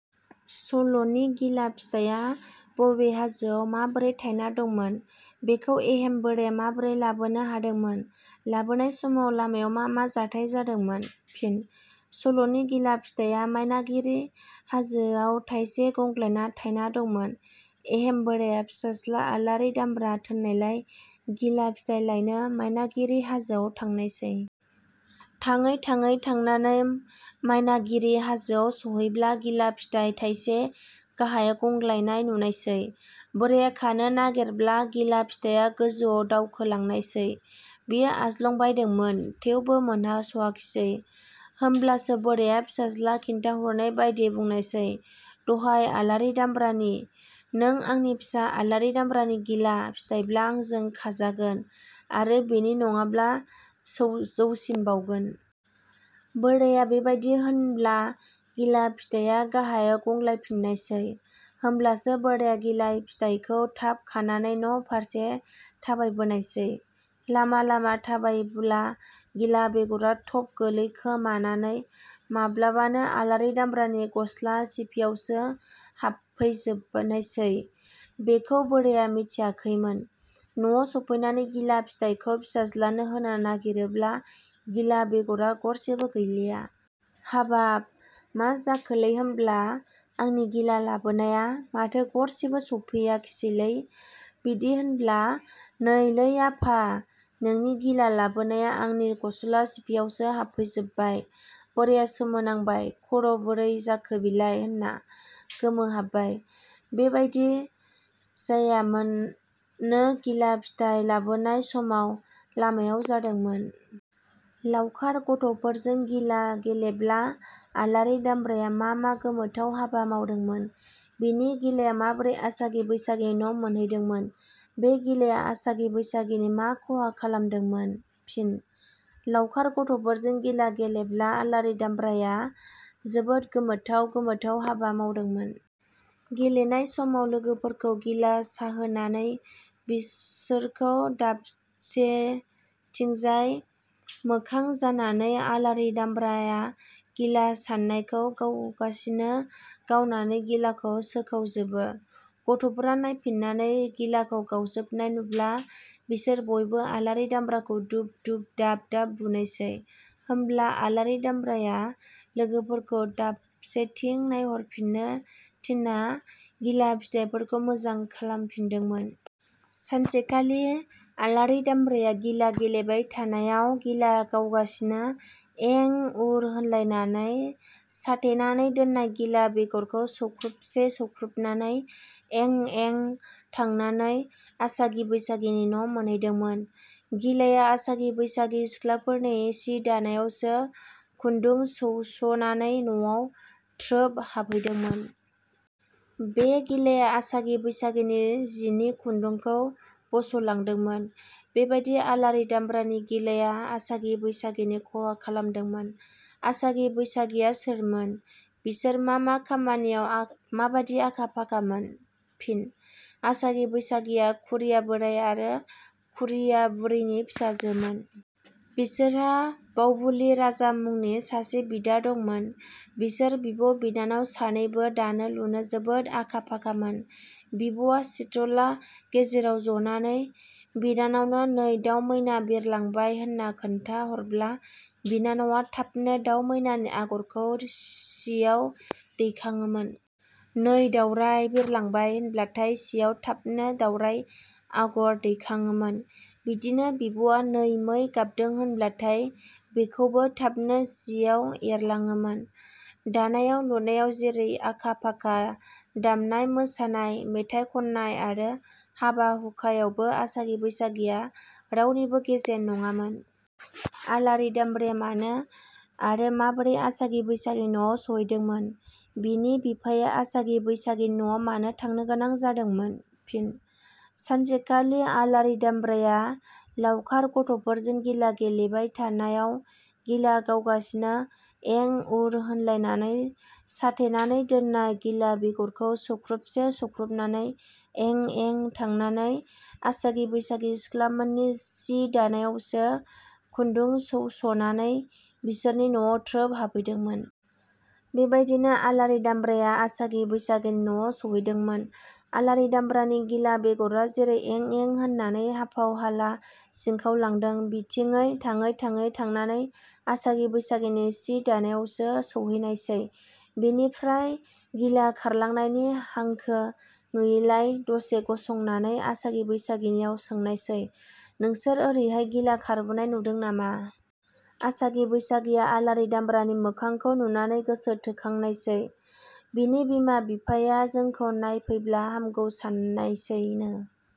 सल'नि गिला फिथाइया बबे हाजोआव माबोरै थायना दंमोन? बेखौ एहेम बोराइया माबोरै लाबोनो हादोंमोन? लाबोनाय समाव लामायाव मा जाथाइ जादोंमोन? फिन: सल'नि गिला फिथाइया मायनागिरि हाजोआव थाइसे गंग्लाना थायना दंमोन। एहेम बोराया फिसाज्ला आलारि दामब्रा थोननायलाय गिला फिथाइ लायनो मायनागिरि हाजोआव थांनायसै। थाङै थाङै थांनानै मायनागिरि हाजोआव सहैब्ला गिला फिथाइ थाइसे गाहायाव गंग्लायनाय नुनायसै। बोराया खानो नागिरब्ला गिला फिथाइया गोजौआव दावखोलांनायसै। बियो आज्लंबायदोंमोन। थेवबो मोनहास'आखिसै। होमब्लासो बोराइया फिसाज्ला खिन्थाहरनाय बादियै बुंनायसै "दहाय आलारि दामब्रानि। " नों आंनि फिसा आलारि दामब्रानि गिला फिथाइब्ला आंजो खाजागोन आरो बिनि नडाब्ला जौसिनबावगोन। बोराया बेबादि होनब्ला गिला फिथाया गाहायाव गंग्लायफिननायसै। होमब्लासो बोराया गिला फिथाइखौ थाब खानानै न'फारसे थाबायबोनायसै। लामा लामा थाबायबोब्ला गिला बेगरा थब गोलैखोमानानै माब्लाबानो आलारि दामब्रानि गस्ला सिफियावसो हाबफैजोबनायसै। बेखौ बोराया मिथियाखैमोन। न'आव सफैनानै गिला फिथाइखौ फिसाज्लानो होनो नागिरोब्ला गिला बेगरा गरसेबो गैलिया। "हाबाब, मा जाखोलै होमब्ला आंनि गिला लाबोनाया? माथो गरसेबबो सफैयाखिसैलै। बिदि होनब्ला, "नै लै आफा, नोंनि गिला लाबोनाया आंनि गसला सिफियावसो हाबफैजोबबाय। " बोराया सोमोनांबाय, खर' बोरै जाखो बिलाय होनना गोमोहाबबाय। बेबादि जायामानो गिला फिथाइ लाबोनाय समाव लामायाव जादोंमोन।. लावखार गथ 'फोरजों गिला गेलेब्ला आलारि दामब्राया मा मा गोमोथाव हाबा मावदोंमोन? बिनि गिलाया माबोरै आसागि बैसागिनि न' मोनहैदोंमोन? बे गिलाया आसागि बैसागिनि मा खहा खालामदोंमोन? फिन: लावखार गथ'फोरजों गिला गेलेब्ला आलारि दामब्राया जोबोद गोमोथाव गोमोथाव हाबा मावदोंमोन। गेलेनाय समाव लोगोफोरखौ गिला साहोनानै बिससोरखौ दाबसेथिंजाय मोखां जानानै आलारि दामब्राया गिला सानायखौ गावगासिनो गावनानै गिलाखौ सोखावजोबो। गथ'फोरा नायफिननानै गिलाखौ गावजोबनाय नुब्ला बिसोर बयबो आलारि दामब्राखौ दुब-दुब दाब-दाब बुनायसै। होमब्ला आलारि दामब्राया लोगोफोरखौ दाबसेथिं नायहरफिननो थिनना गिला फिथाइफोरखौ मोजां खालामफिनदोंमोन। सानसेखालि आलारि दामब्राया गिला गेलेबाय थानायाव गिला गावगासिनो एं-उर होनलांनानै साथेनानै दोननाय गिला बेगरखौ सौख्रुबसे सौख्रुबनानै एं-एं थांनानै आसागि बैसागिनि न' मोनहैदोंमोन। गिलाया आसागि बैसागि सिख्लाफोरनि सि दानायावसो खुन्दुं सौस'नानै नवाव थ्रोब हाबहैदोंमोन। बे गिलाया आसागि बैसागिनि जिनि खुन्दुंखौ बस'लांदोंमोन। बेबादिनो आलारि दामब्रानि गिलाया आसागि बैसागिनि खहा खालामदोंमोन।. आसागि बैसागिया सोरमोन? बिसोर मा मा खामानियाव माबादि आखा- फाखामोन? फिनः आसागि बैसागिया खुरिया बोराइ आरो खुरिया बुरैनि फिसाजोमोन। बिसोरहा बावबुलि राजा मुंनि सासे बिदा दंमोन। बिसोर बिब' बिनानाव सानैबो दानो लुनो जोबोद आखा- फाखामोन। बिब'वा सिथला गेजेराव जनानै बिनानावनो- नै दाउ मैना बिरलांबाय होनना खोन्था हरब्ला बिनानावा थाबनो दाउ मैनानि आगरखौ सियाव दैखाङोमोन। नै दाउराय बिरलांबाय होनब्लाथाय सियाव थाबनो दावराय आगार दैखाङोमोन। बिदिनो बिब'वा नै मै गाबदों होनब्लाथाय बेखौबो थाबनो जियाव एरलाङोमोन। दानायाव लुनायाव जैरै आखा-फाखा, दामनाय मोसानाय, मेथाइ खननाय आरो हाबा-हुखायावबो आसागि बैसागिया रावनिबो गेजेन नङामोन।. आलारि दामब्राया मानो आरो माबोरै आसागि बैसागिनि नआव सहैदोंमोन? बिनि बिफाया आसागि बैसागिनि नआव मानो थांनोगोनां जादोंमोन? फिनः सानसेखालि आलारि दामब्राया लावखार गथ'फोरजों गिला गेलेबाय थानायाव गिला गावगासिनो एं-उर होनलांनानै साथेनानै दोननाय गिला बेगरखौ सौख्रुबसे सौख्रुबनानै एं-एं थांनानै आसागि बैसागि सिख्लाममोननि सि दानायावसो खुन्दुं सौस'नानै बिसोरनि नवाव थ्रोब हाबहैदोंमोन। बेबादयैनो आलारि दामब्राया आसागि बैसागिनि न'आव सौहैदोंममोन। आलारि दामब्रानि गिला बेगरा जेरै एं-एं होननानै हाफाव हाला सिंखावलांदों बेथिङै थाङै थाङै थांनानै आसागि बैसागिनि सि दानायावसो सौहैनायसै। बिनिफ्राय गिला खारलांनायनि हांखो नुयैलाय दसे गसंनानै आसागि बैसागिनियाव सोंनायसै – नोंसोर ओरैहाय गिला खारबोनाय नुदों नामा? आसागि बैसागिया आलारि दामब्रानि मोखांखौ नुनानै गोसो थोखांनायसै। बिनि बिमा बिफाया जोंखौ नायफैब्ला हामगौ साननायसैनो।